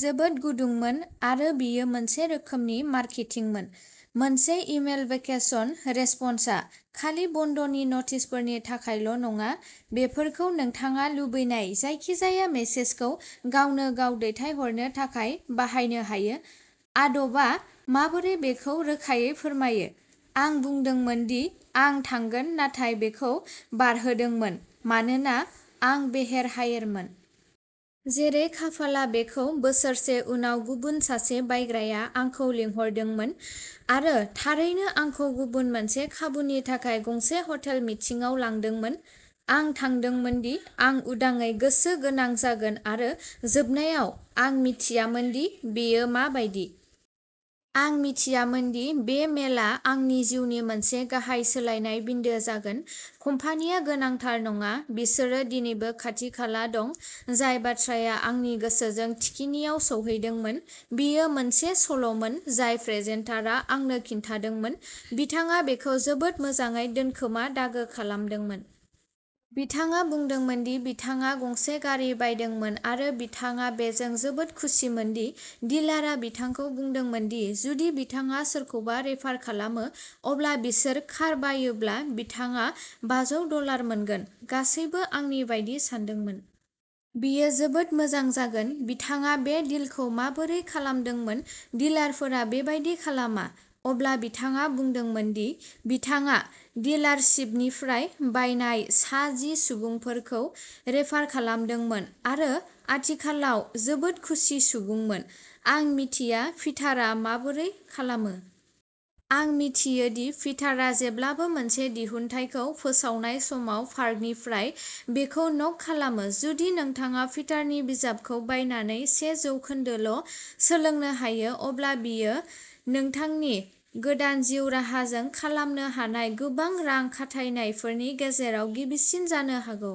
जोबोद गुदुंमोन आरो बेयो मोनसे रोखोमनि मार्केटिंमोन। मोनसे इमेल वेकेसन रेसपन्सआ खालि बन्दनि नटिसफोरनि थाखायल' नङा। बेफोरखौ नोंथाङा लुबैनाय जायखिजाया मेसेजखौ गावनो-गाव दैथायहरनो थाखाय बाहायनो हायो। आदब आ माबोरै बेखौ रोखायै फोरमायो। आं बुंदोंमोन दि आं थांगोन नाथाय बेखौ बारहोदोंमोन मानोना आं बेहेर हायेरमोन। जेरै खाफालआ बेखौ बोसोरसे उनाव गुबुन सासे बायग्राया आंखौ लिंहरदोंमोन आरो थारैनो आंखौ गुबुन मोनसे खाबुनि थाखाय गंसे हटेल मिटिंआव लांदोंमोन। आं थांदोंमोन दि आं उदाङै गोसो गोनां जागोन आरो जोबनायाव, आं मिथियामोन दि बेयो मा बायदि। आं मिथियामोन दि बे मेलआ आंनि जिउनि मोनसे गाहाय सोलायनाय बिन्दो जागोन। कम्पानिया गोनांथार नङा। बिसोरो दिनैबो खाथि-खाला दं। जाय बाथ्राया आंनि गोसोजों थिखिनिआव सौहैदोंमोन बेयो मोनसे सल'मोन जाय प्रेजेन्टारआ आंनो खिन्थादोंमोन। बिथाङा बेखौ जोबोद मोजाङै दोनखोमा-दागो खालामदोंमोन। बिथाङा बुंदोंमोन दि बिथाङा गंसे गारि बायदोंमोन आरो बिथाङा बेजों जोबोद खुसिमोन दि डिलारआ बिथांखौ बुंदोंमोन दि जुदि बिथाङा सोरखौबा रेफार खालामो, अब्ला बिसोर कार बायोब्ला बिथाङा बाजौ डलार मोनगोन। गासैबो आंनि बायदि सानदोंमोन। बेयो जोबोद मोजां जागोन। बिथाङा बे डिलखौ माबोरै खालामदोंमोन डिलारफोरा बेबादि खालामा। अब्ला बिथाङा बुंदोंमोन दि बिथाङा डिलारशिपनिफ्राय बायनाय सा जि सुबुंफोरखौ रेफार खालामदोंमोन आरो आथिखालाव जोबोद खुसि सुबुंमोन। आं मिथिया पिटारआ माबोरै खालामो। आं मिथियो दि पिटारआ जेब्लाबो मोनसे दिहुनथाइखौ फोसावनाय समाव पार्कनिफ्राय बेखौ न'क खालामो। जुदि नोंथाङा पिटारनि बिजाबखौ बायनानै से जौखोन्दोल' सोलोंनो हायो, अब्ला बेयो नोंथांनि गोदान जिउ राहाजों खालामनो हानाय गोबां रां खाथायनायफोरनि गेजेराव गिबिसिन जानो हागौ।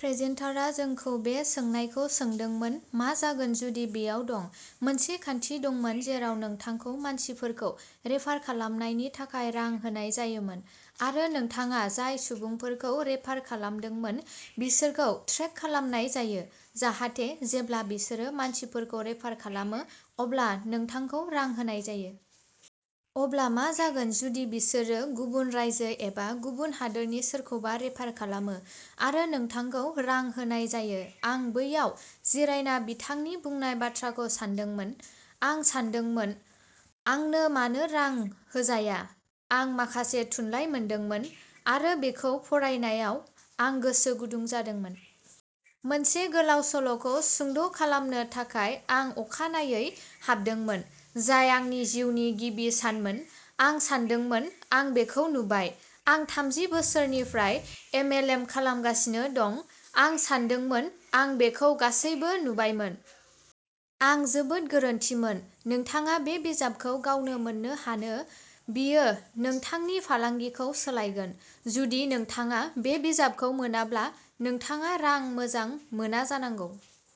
प्रेजेन्टारआ जोंखौ बे सोंनायखौ सोंदोंमोन। मा जागोन जुदि बेयाव दं, मोनसे खान्थि दंमोन जेराव नोंथांखौ मानसिफोरखौ रेफार खालामनायनि थाखाय रां होनाय जायोमोन, आरो नोंथाङा जाय सुबुंफोरखौ रेफार खालामदोंमोन, बिसोरखौ ट्रेक खालामनाय जायो, जाहाथे जेब्ला बिसोरो मानसिफोरखौ रेफार खालामो, अब्ला नोंथांखौ रां होनाय जायो। अब्ला मा जागोन जुदि बिसोरो गुबुन रायजो एबा गुबुन हादोरनि सोरखौबा रेफार खालामो आरो नोंथांखौ रां होनाय जायो आं बैयाव जिरायना बिथांनि बुंनाय बाथ्राखौ सानदोंमोन। आं सानदोंमोन, आंनो मानो रां होजाया आं माखासे थुनलाइ मोनदोंमोन आरो बेखौ फरायनायाव आं गोसो गुदुं जादोंमोन। मोनसे गोलाव सल'खौ सुंद' खालामनो थाखाय, आं अखानायै हाबदोंमोन, जाय आंनि जिउनि गिबि सानमोन। आं सानदोंमोन आं बेखौ नुबाय आं थामजि बोसोरनिफ्राय एम एल एम खालामगासिनो दं। आं सानदोंमोन आं बेखौ गासैबो नुबायमोन। आं जोबोद गोरोन्थिमोन। नोंथाङा बे बिजाबखौ गावनो मोन्नो हानो बेयो नोंथांनि फालांगिखौ सोलायगोन। जुदि नोंथाङा बे बिजाबखौ मोनाब्ला नोंथाङा रां मोजां मोना जानांगौ।